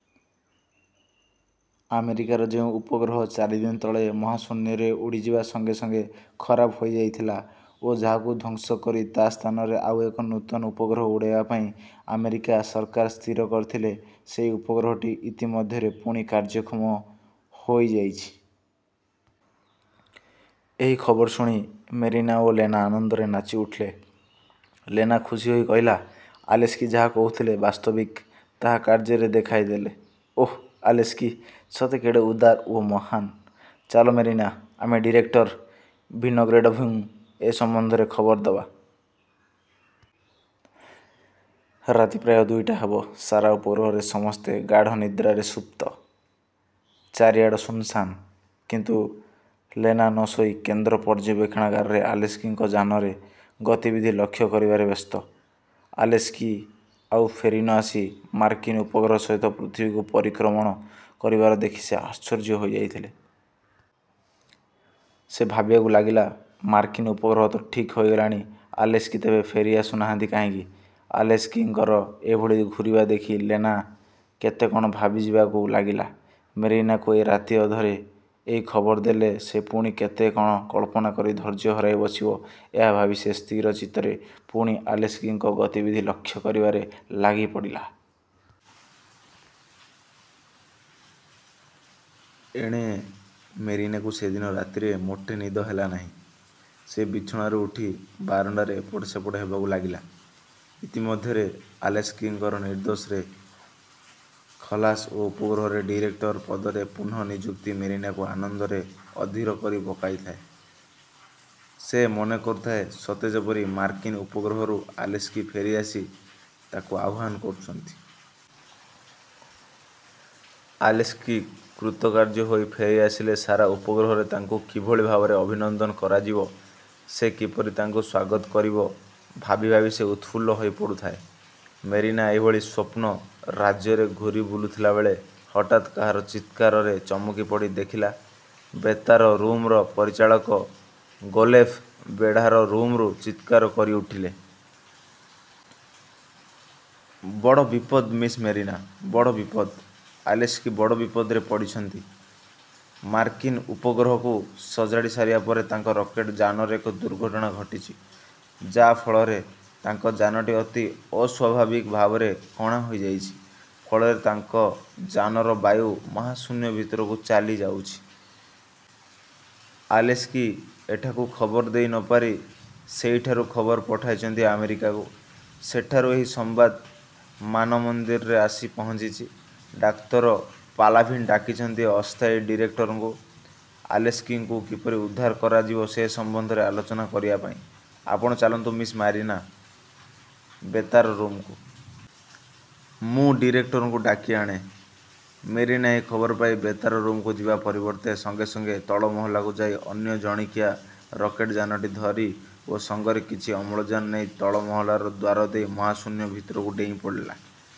''ଆମେରିକାର ଯେଉଁ ଉପଗ୍ରହ ଚାରିଦିନ ତଳେ ମହାଶୂନ୍ୟରେ ଉଡ଼ିଯିବା ସଙ୍ଗେ ସଙ୍ଗେ ଖରାପ ହୋଇଯାଇଥିଲା ଓ ଯାହାକୁ ଧ୍ୱଂସ କରି ତା ସ୍ଥାନରେ ଆଉ ଏକ ନୂତନ ଉପଗ୍ରହ ଉଡ଼ାଇବା ପାଇଁ ଆମେରିକା ସରକାର ସ୍ଥିର କରିଥିଲେ, ସେହି ଉପଗ୍ରହଟି ଇତିମଧ୍ୟରେ ପୁଣି କାର୍ଯ୍ୟକ୍ଷମ ହୋଇଯାଇଛି। ଏହି ଖବର ଶୁଣି ମେରିନା ଓ ଲେନା ଆନନ୍ଦରେ ନାଚି ଉଠିଲେ। ଲେନା ଖୁସି ହୋଇ କହିଲା, ''ଆଲେସ୍କି ଯାହା କହୁଥିଲେ, ବାସ୍ତବିକ୍ ତାହା କାର୍ଯ୍ୟରେ ଦେଖାଇ ଦେଲେ। ଓଃ! ଆଲେସ୍କି ସତେ କେଡ଼େ ଉଦାର ଓ ମହାନ୍! ଚାଲ ମେରିନା, ଆମେ ଡିରେକ୍ଟର ଭିନୋଗ୍ରେଡ଼ୋଭ୍ଙ୍କୁ ଏ ସମ୍ବନ୍ଧରେ ଖବର ଦେବା। ରାତି ପ୍ରାୟ ଦୁଇଟା ହେବ। ସାରା ଉପଗ୍ରହରେ ସମସ୍ତେ ଗାଢ଼ ନିଦ୍ରାରେ ସୁପ୍ତ। ଚାରିଆଡ଼ ଶୂନ୍ସାନ୍। କିନ୍ତୁ ଲେନା ନ ଶୋଇ କେନ୍ଦ୍ର ପର୍ଯ୍ୟବେକ୍ଷଣାଗାରରେ ଆଲେସ୍କିଙ୍କ ଯାନର ଗତିବିଧି ଲକ୍ଷ୍ୟ କରିବାରେ ବ୍ୟସ୍ତ। ଆଲେସ୍କି ଆଉ ଫେରି ନ ଆସି ମାର୍କିନ୍ ଉପଗ୍ରହ ସହିତ ପୃଥିବୀକୁ ପରିକ୍ରମଣ କରିବାର ଦେଖି ସେ ଆଶ୍ଚର୍ଯ୍ୟ ହୋଇ ଯାଇଥିଲା। ସେ ଭାବିବାକୁ ଲାଗିଲା-ମାର୍କିନ୍ ଉପଗ୍ରହ ତ ଠିକ୍ ହୋଇଗଲାଣି; ଆଲେସ୍କି ତେବେ ଫେରି ଆସୁ ନାହାନ୍ତି କାହିଁକି? ଆଲେସ୍କିଙ୍କର ଏଭଳି ଘୂରିବା ଦେଖି ଲେନା କେତେ କ'ଣ ଭାବିଯିବାକୁ ଲାଗିଲା। ମେରିନାକୁ ଏ ରାତି ଅଧରେ ଏହି ଖବର ଦେଲେ ସେ ପୁଣି କେତେ କ'ଣ କଳ୍ପନା କରି ଧୈର୍ଯ୍ୟ ହରାଇ ବସିବ, ଏହା ଭାବି ସେ ସ୍ଥିର ଚିତ୍ତରେ ପୁଣି ଆଲେସ୍କିଙ୍କ ଗତିବିଧି ଲକ୍ଷ୍ୟ କରିବାରେ ଲାଗିପଡ଼ିଲା। ଏଣେ ମେରିନାକୁ ସେଦିନ ରାତିରେ ମୋଟେ ନିଦ ହେଲା ନାହିଁ। ସେ ବିଛଣାରୁ ଉଠି ବାରଣ୍ଡାରେ ଏପଟ ସେପଟ ହେବାକୁ ଲାଗିଲା। ଇତିମଧ୍ୟରେ ଆଲେସ୍କିଙ୍କର ନିର୍ଦ୍ଦୋଷରେ ଖଲାସ ଓ ଉପଗ୍ରହରେ ଡିରେକ୍ଟର ପଦରେ ପୁନଃ ନିଯୁକ୍ତି ମେରିନାକୁ ଆନନ୍ଦରେ ଅଧିର କରି ପକାଇଥାଏ-। ସେ ମନେ କରୁଥାଏ ସତେ ଯେପରି ମାର୍କିନ୍ ଉପଗ୍ରହରୁ ଆଲେସ୍କି ଫେରିଆସି ତାକୁ ଆହ୍ୱାନ କରୁଛନ୍ତି। ଆଲେସ୍କି କୃତକାର୍ଯ୍ୟ ହୋଇ ଫେରିଆସିଲେ ସାରା ଉପଗ୍ରହରେ ତାଙ୍କୁ କିଭଳି ଭାବରେ ଅଭିନନ୍ଦନ କରାଯିବ, ସେ କିପରି ତାଙ୍କୁ ସ୍ୱାଗତ କରିବ, ଭାବି ଭାବି ସେ ଉତ୍ଫୁଲ୍ଲ ହୋଇପଡ଼ୁଥାଏ-। ମେରିନା ଏହିଭଳି ସ୍ୱପ୍ନ-ରାଜ୍ୟରେ ଘୂରି ବୁଲୁଥିଲା ବେଳେ ହଠାତ୍ କାହାର ଚିତ୍କାରରେ ଚମକି ପଡ଼ି ଦେଖିଲା ବେତାର ରୁମ୍ର ପରିଚାଳକ ଗୋଲେଭ୍ ବେଢ଼ାର ରୁମ୍ରୁ ଚିତ୍କାର କରି ଉଠିଲେ-। ''ବଡ଼ ବିପଦ ମିସ୍ ମେରିନା, ବଡ଼ ବିପଦ। ଆଲେସ୍କି ବଡ଼ ବିପଦରେ ପଡ଼ିଛନ୍ତି। ମାର୍କିନ୍ ଉପଗ୍ରହକୁ ସଜାଡ଼ି ସାରିବା ପରେ ତାଙ୍କ ରକେଟ୍ ଯାନରେ ଏକ ଦୁର୍ଘଟଣା ଘଟିଛି; ଯା'ଫଳରେ ତାଙ୍କ ଯାନଟି ଅତି ଅସ୍ୱାଭାବିକ ଭାବରେ କଣା ହୋଇ ଯାଇଛି। ଫଳରେ ତାଙ୍କ ଯାନର ବାୟୁ ମହାଶୂନ୍ୟ ଭିତରକୁ ଚାଲିଯାଉଛି। ଆଲେସ୍କି ଏଠାକୁ ଖବର ଦେଇ ନ ପାରି ସେହିଠାରୁ ଖବର ପଠାଇଛନ୍ତି ଆମେରିକାକୁ। ସେଠାରୁ ଏହି ସମ୍ୱାଦ ମାନମନ୍ଦିରରେ ଆସି ପହଞ୍ଚିଛି। ଡାକ୍ତର ପାଲାଭିନ୍ ଡାକିଛନ୍ତି ଆସ୍ଥାୟୀ ଡିରେକ୍ଟରଙ୍କୁ ଆଲେସ୍କିଙ୍କୁ କିପରି ଉଦ୍ଧାର କରାଯିବ ସେ ସମ୍ୱନ୍ଧରେ ଆଲୋଚନା କରିବାପାଇଁ। ଆପଣ ଚାଲନ୍ତୁ ମିସ୍ ମେରିନା, ବେତାର ରୁମ୍କୁ। ମୁଁ ଡିରେକ୍ଟରଙ୍କୁ ଡାକିଆଣେ। '' ମେରିନା ଏହି ଖବର ପାଇ ବେତାର ରୁମ୍କୁ ଯିବା ପରିବର୍ତ୍ତେ, ସଙ୍ଗେ ସଙ୍ଗେ ତଳ ମହଲାକୁ ଯାଇ ଅନ୍ୟ ଜଣିକିଆ ରକେଟ୍ ଯାନଟି ଧରି ଓ ସଙ୍ଗରେ କିଛି ଅମ୍ଳଜାନ ନେଇ ତଳ ମହାଲାର ଦ୍ୱାର ଦେଇ ମହାଶୂନ୍ୟ ଭିତରକୁ ଡେଇଁପଡ଼ିଲା